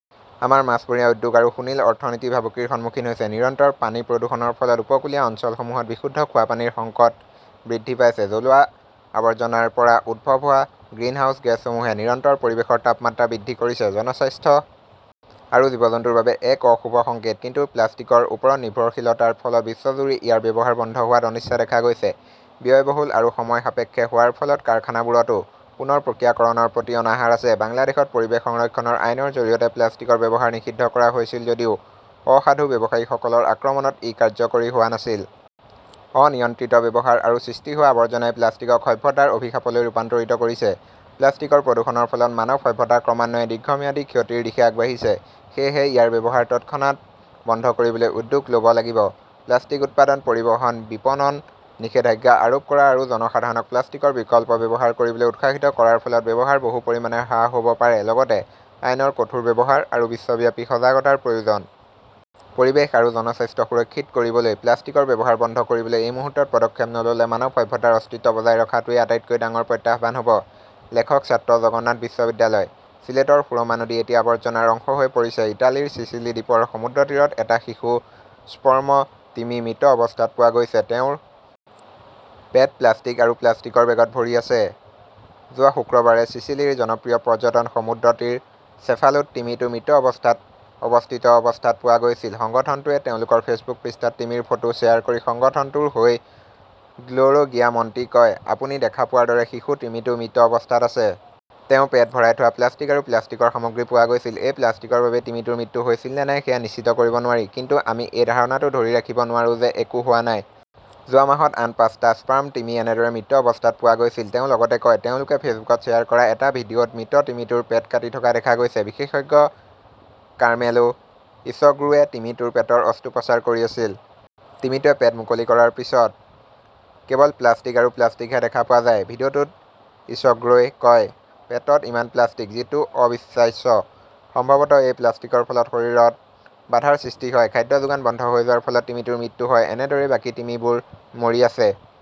আমাৰ মাছমৰীয়া উদ্যোগ আৰু সুনীল অৰ্থনীতি ভাবুকিৰ সন্মুখীন হৈছে। নিৰন্তৰ পানী প্ৰদূষণৰ ফলত উপকূলীয় অঞ্চলসমূহত বিশুদ্ধ খোৱা পানীৰ সংকট বৃদ্ধি পাইছে, জ্বলোৱা আৱৰ্জনাৰ পৰা উদ্ভৱ হোৱা গ্ৰিনহাউজ গেছসমূহে নিৰন্তৰ পৰিৱেশৰ তাপমাত্ৰা বৃদ্ধি কৰিছে। জনস্বাস্থ্য আৰু জীৱ-জন্তুৰ বাবে এক অশুভ সংকেত। কিন্তু প্লাষ্টিকৰ ওপৰত নিৰ্ভৰশীলতাৰ ফলত বিশ্বজুৰি ইয়াৰ ব্যৱহাৰ বন্ধ হোৱাত অনিচ্ছা দেখা গৈছে। ব্যয়বহুল আৰু সময়সাপেক্ষ হোৱাৰ ফলত কাৰখানাবোৰতো পুনৰ প্ৰক্ৰিয়াকৰণৰ প্ৰতি অনাহাৰ আছে। বাংলাদেশত পৰিৱেশ সংৰক্ষণ আইনৰ জৰিয়তে প্লাষ্টিকৰ ব্যৱহাৰ নিষিদ্ধ কৰা হৈছিল যদিও অসাধু ব্যৱসায়ীসকলৰ আক্ৰমণত ই কাৰ্যকৰী হোৱা নাছিল। অনিয়ন্ত্ৰিত ব্যৱহাৰ আৰু সৃষ্টি হোৱা আৱৰ্জনাই প্লাষ্টিকক সভ্যতাৰ অভিশাপলৈ ৰূপান্তৰিত কৰিছে। প্লাষ্টিকৰ প্ৰদূষণৰ ফলত মানৱ সভ্যতা ক্ৰমান্বয়ে দীৰ্ঘম্যাদী ক্ষতিৰ দিশে আগবাঢ়িছে। সেয়েহে ইয়াৰ ব্যৱহাৰ তৎক্ষণাত বন্ধ কৰিবলৈ উদ্যোগ ল 'ব লাগিব। প্লাষ্টিক উৎপাদন, পৰিবহণ, বিপণন নিষেধাজ্ঞা আৰোপ কৰা আৰু জনসাধাৰণক প্লাষ্টিকৰ বিকল্প ব্যৱহাৰ কৰিবলৈ উৎসাহিত কৰাৰ ফলত ব্যৱহাৰ বহু পৰিমাণে হ্ৰাস হ'ব পাৰে লগতে আইনৰ কঠোৰ ব্যৱহাৰ আৰু বিশ্বব্যাপী সজাগতাৰ প্ৰয়োজন। পৰিৱেশ আৰু জনস্বাস্থ্য সুৰক্ষিত কৰিবলৈ প্লাষ্টিকৰ ব্যৱহাৰ বন্ধ কৰিবলৈ এই মুহূৰ্তত পদক্ষেপ নল 'লে মানৱ সভ্যতাৰ অস্তিত্ব বজাই ৰখাটোৱেই আটাইতকৈ ডাঙৰ প্ৰত্যাহ্বান হ'ব। লেখক ছাত্ৰ, জগন্নাথ বিশ্ববিদ্যালয়। ছিলেটৰ সুৰমা নদী এতিয়া আৱৰ্জনাৰ অংশ হৈ পৰিছে ইটালীৰ চিচিলি দ্বীপৰ সমুদ্ৰতীৰত এটা শিশু স্পৰ্ম তিমি মৃত অৱস্থাত পোৱা গৈছে। তেওঁৰ পেট প্লাষ্টিক আৰু প্লাষ্টিকৰ বেগত ভৰি আছে। যোৱা শুক্ৰবাৰে চিচিলিৰ জনপ্ৰিয় পৰ্যটন সমুদ্ৰতীৰ চেফালুত তিমিটো মৃত অৱস্থাত অৱস্থিত অৱস্থাত পোৱা গৈছিল। সংগঠনটোৱে তেওঁলোকৰ ফেচবুক পৃষ্ঠাত তিমিৰ ফটো শ্বেয়াৰ কৰি সংগঠনটোৰ হৈ গ্ল'ৰগিয়া মণ্টি কয়, আপুনি দেখা পোৱাৰ দৰে শিশু তিমিটো মৃত অৱস্থাত আছে। তেওঁৰ পেট ভৰাই থোৱা প্লাষ্টিক আৰু প্লাষ্টিকৰ সামগ্ৰী পোৱা গৈছিল। এই প্লাষ্টিকৰ বাবেই তিমিটোৰ মৃত্যু হৈছিল নে নাই সেয়া নিশ্চিত কৰিব নোৱাৰি। কিন্তু আমি এই ধাৰণাটো ধৰি ৰাখিব নোৱাৰোঁ যে একো হোৱা নাই। যোৱা মাহত আন পাঁচটা স্পাৰ্ম তিমি এনেদৰে মৃত অৱস্থাত পোৱা গৈছিল, তেওঁ লগতে কয়। তেওঁলোকে ফেচবুকত শ্বেয়াৰ কৰা এটা ভিডিঅ'ত মৃত তিমিটোৰ পেট কাটি থকা দেখা গৈছে। বিশেষজ্ঞ কাৰ্মেলো ইছগ্ৰোৱে তিমিটোৰ পেটৰ অস্ত্ৰোপচাৰ কৰি আছিল। তিমিটোৱে পেট মুকলি কৰাৰ পিছত কেৱল প্লাষ্টিক আৰু প্লাষ্টিকহে দেখা পোৱা যায়। ভিডিঅ'টোত ইছগ্ৰ'ই কয়, পেটত ইমান প্লাষ্টিক! যিটো অবিশ্বাস্য। সম্ভৱত এই প্লাষ্টিকৰ ফলত শৰীৰত বাধাৰ সৃষ্টি হয়, খাদ্য যোগান বন্ধ হৈ যোৱাৰ ফলত তিমিটোৰ মৃত্যু হয়। এনেদৰেই বাকী তিমিবোৰ মৰি আছে।